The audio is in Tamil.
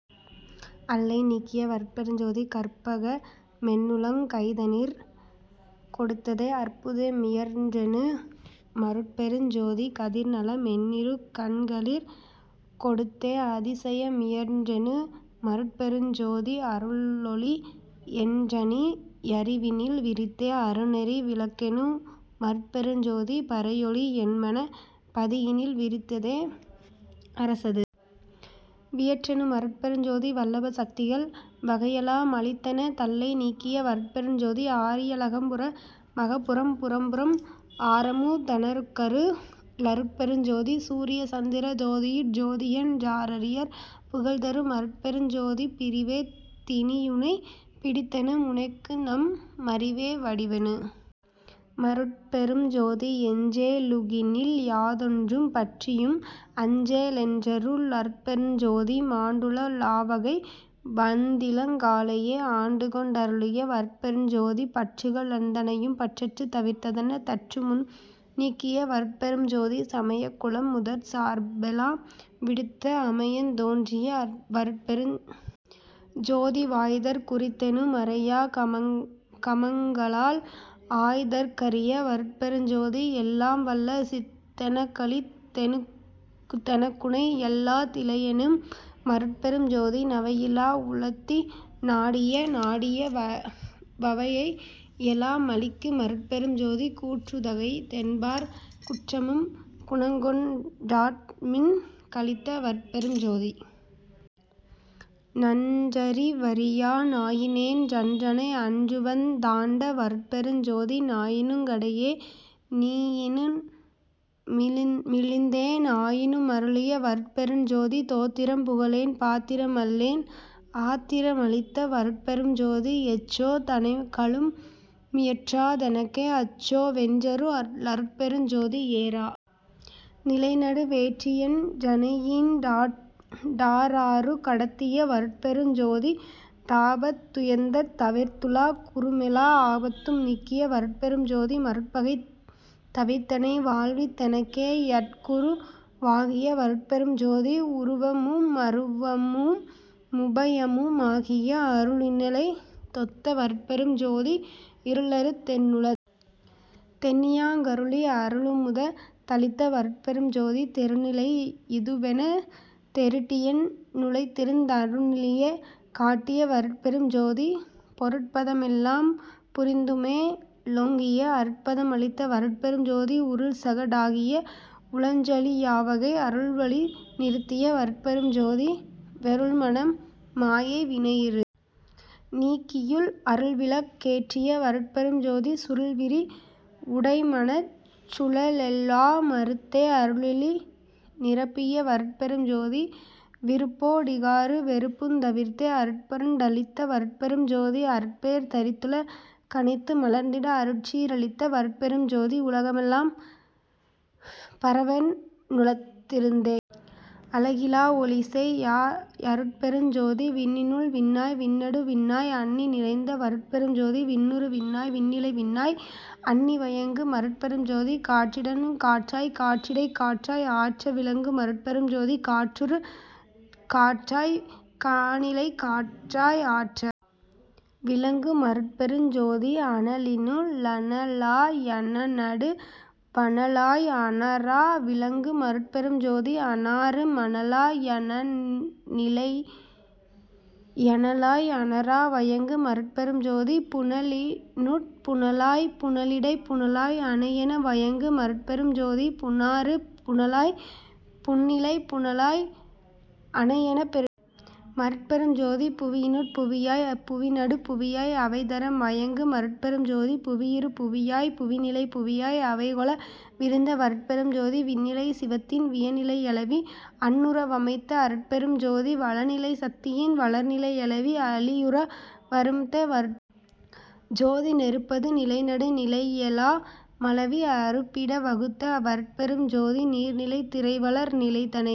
அல்லலை நீக்கிய வருட்பெருஞ் ஜோதி கற்பக மென்னுளங் கைதனிற் கொடுத்தே அற்புத மியற்றெனு மருட்பெருஞ் ஜோதி கதிர்நல மென்னிரு கண்களிற் கொடுத்தே அதிசய மியற்றெனு மருட்பெருஞ் ஜோதி அருளொளி யென்றனி யறிவினில் விரித்தே அருணெறி விளக்கெனு மருட்பெருஞ் ஜோதி பரையொளி யென்மனப் பதியினில் விரித்தே அரசது வியற்றெனு மருட்பெருஞ் ஜோதி வல்லப சத்திகள் வகையெலா மளித்தென தல்லலை நீக்கிய வருட்பெருஞ் ஜோதி ஆரிய லகம்புற மகப்புறம் புறப்புறம் ஆரமு தெனக்கரு ளருட்பெருஞ் ஜோதி சூரிய சந்திர ஜோதியுட் ஜோதியென் றாரியர் புகழ்தரு மருட்பெருஞ் ஜோதி பிறிவே தினியுனைப் பிடித்தன முனக்குநம் மறிவே வடிவெனு மருட்பெருஞ் ஜோதி எஞ்சே லுகினில் யாதொன்று பற்றியும் அஞ்சே லென்றரு ளருட்பெருஞ் ஜோதி மாண்டுழ லாவகை வந்திளங் காலையே ஆண்டுகொண் டருளிய வருட்பெருஞ் ஜோதி பற்றுக ளனைத்தையும் பற்றறத் தவிர்த்தென தற்றமு நீக்கிய வருட்பெருஞ் ஜோதி சமயங் குலமுதற் சார்பெலாம் விடுத்த அமயந் தோன்றிய வருட்பெருஞ் ஜோதி வாய்தற் குரித்தெனு மறையா கமங்களால் ஆய்தற் கரிய வருட்பெருஞ் ஜோதி எல்லாம் வல்லசித் தெனக்களித் தெனக்குனை யல்லா திலையெனும் மருட்பெருஞ் ஜோதி நவையிலா வுளத்தி னாடிய நாடிய வவையெலா மளிக்கு மருட்பெருஞ் ஜோதி கூற்றுதைத் தென்பாற் குற்றமுங் குணங்கொண் டாற்றன்மிக் களித்த வருட்பெருஞ் ஜோதி நன்றறி வறியா நாயினேன் றனையும் அன்றுவந் தாண்ட வருட்பெருஞ் ஜோதி நாயினுங் கடையே னீயினு மிழிந்தேன் ஆயினு மருளிய வருட்பெருஞ் ஜோதி தோத்திரம் புகலேன் பாத்திர மல்லேன் ஆத்திர மளித்த வருட்பெருஞ் ஜோதி எச்சோ தனைகளு மியற்றா தெனக்கே அச்சோ வென்றரு ளருட்பெருஞ் ஜோதி ஏறா நிலைநடு வேற்றியென் றனையீண் டாறாறு கடத்திய வருட்பெருஞ் ஜோதி தாபத் துயரந் தவிர்த்துல குறுமெலா ஆபத்தும் நீக்கிய வருட்பெருஞ் ஜோதி மருட்பகை தவிர்த்தெனை வாழ்வித் தெனக்கே யருட்குரு வாகிய வருட்பெருஞ் ஜோதி உருவமு மருவமு முபயமு மாகிய அருணிலை தொத்த வருட்பெருஞ் ஜோதி இருளறுத் தென்னுளத் தெண்ணியாங் கருளி அருளமு தளித்த வருட்பெருஞ் ஜோதி தெருணிலை யிதுவெனத் தெருட்டியென் னுளத்திருந் அருணிலை காட்டிய வருட்பெருஞ் ஜோதி பொருட்பத மெல்லாம் புரிந்துமே லோங்கிய அருட்பத மளித்த வருட்பெருஞ் ஜோதி உருள்சக டாகிய வுளஞ்சலி யாவகை அருள்வழி நிறுத்திய வருட்பெருஞ் ஜோதி வெருள்மன மாயை வினையிரு ணீக்கியுள் அருள்விளக் கேற்றிய வருட்பெருஞ் ஜோதி சுருள்விரி வுடைமனச் சுழலெலா மறுத்தே அருளொளி நிரப்பிய வருட்பெருஞ் ஜோதி விருப்போ டிகாறு வெறுப்புந் தவிர்த்தே அருட்பே றளித்த வருட்பெருஞ் ஜோதி அருட்பேர் தரித்துல கனைத்து மலர்ந்திட அருட்சீ ரளித்த வருட்பெருஞ் ஜோதி உலகெலாம் பரவவென் னுள்ளத் திருந்தே அலகிலா வொளிசெய் யருட்பெருஞ் ஜோதி விண்ணினுள் விண்ணாய் விண்ணடு விண்ணாய் அண்ணி நிறைந்த வருட்பெருஞ் ஜோதி விண்ணுறு விண்ணாய் விண்ணிலை விண்ணாய் அண்ணி வயங்கு மருட்பெருஞ் ஜோதி காற்றினுட் காற்றாய்க் காற்றிடைக் காற்றாய் ஆற்ற விளங்கு மருட்பெருஞ் ஜோதி காற்றுறு காற்றாய்க் கானிலைக் காற்றாய் ஆற்ற விளங்கு மருட்பெருஞ் ஜோதி அனலினு ளனலா யனனடு வனலாய் அனாற விளங்கு மருட்பெருஞ் ஜோதி அனாறு மனலா யனனிலை யனலாய் அனாற வயங்கு மருட்பெருஞ் ஜோதி புனலினுட் புனலாய்ப் புனலிடைப் புனலாய் அனையென வயங்கு மருட்பெருஞ் ஜோதி புனாறு புனலாய்ப் புனனிலைப் புனலாய் அனையெனப் பெருகு மருட்பெருஞ் ஜோதி புவியினுட் புவியாய்ப் புவிநடுப் புவியாய் அவைதர வயங்கு மருட்பெருஞ் ஜோதி புவியுறு புவியாய்ப் புவிநிலைப் புவியாய் அவைகொள விரிந்த வருட்பெருஞ் ஜோதி விண்ணிலை சிவத்தின் வியனிலை யளவி அண்ணுற வமைத்த வருட்பெருஞ் ஜோதி வளிநிலை சத்தியின் வளர்நிலை யளவி அளியுற வமைத்த வருட்பெருஞ் ஜோதி நெருப்பது நிலைநடு நிலையெலா மளவி அருப்பிட வகுத்த வருட்பெருஞ் ஜோதி நீர்நிலை திரைவளர் நிலைதனை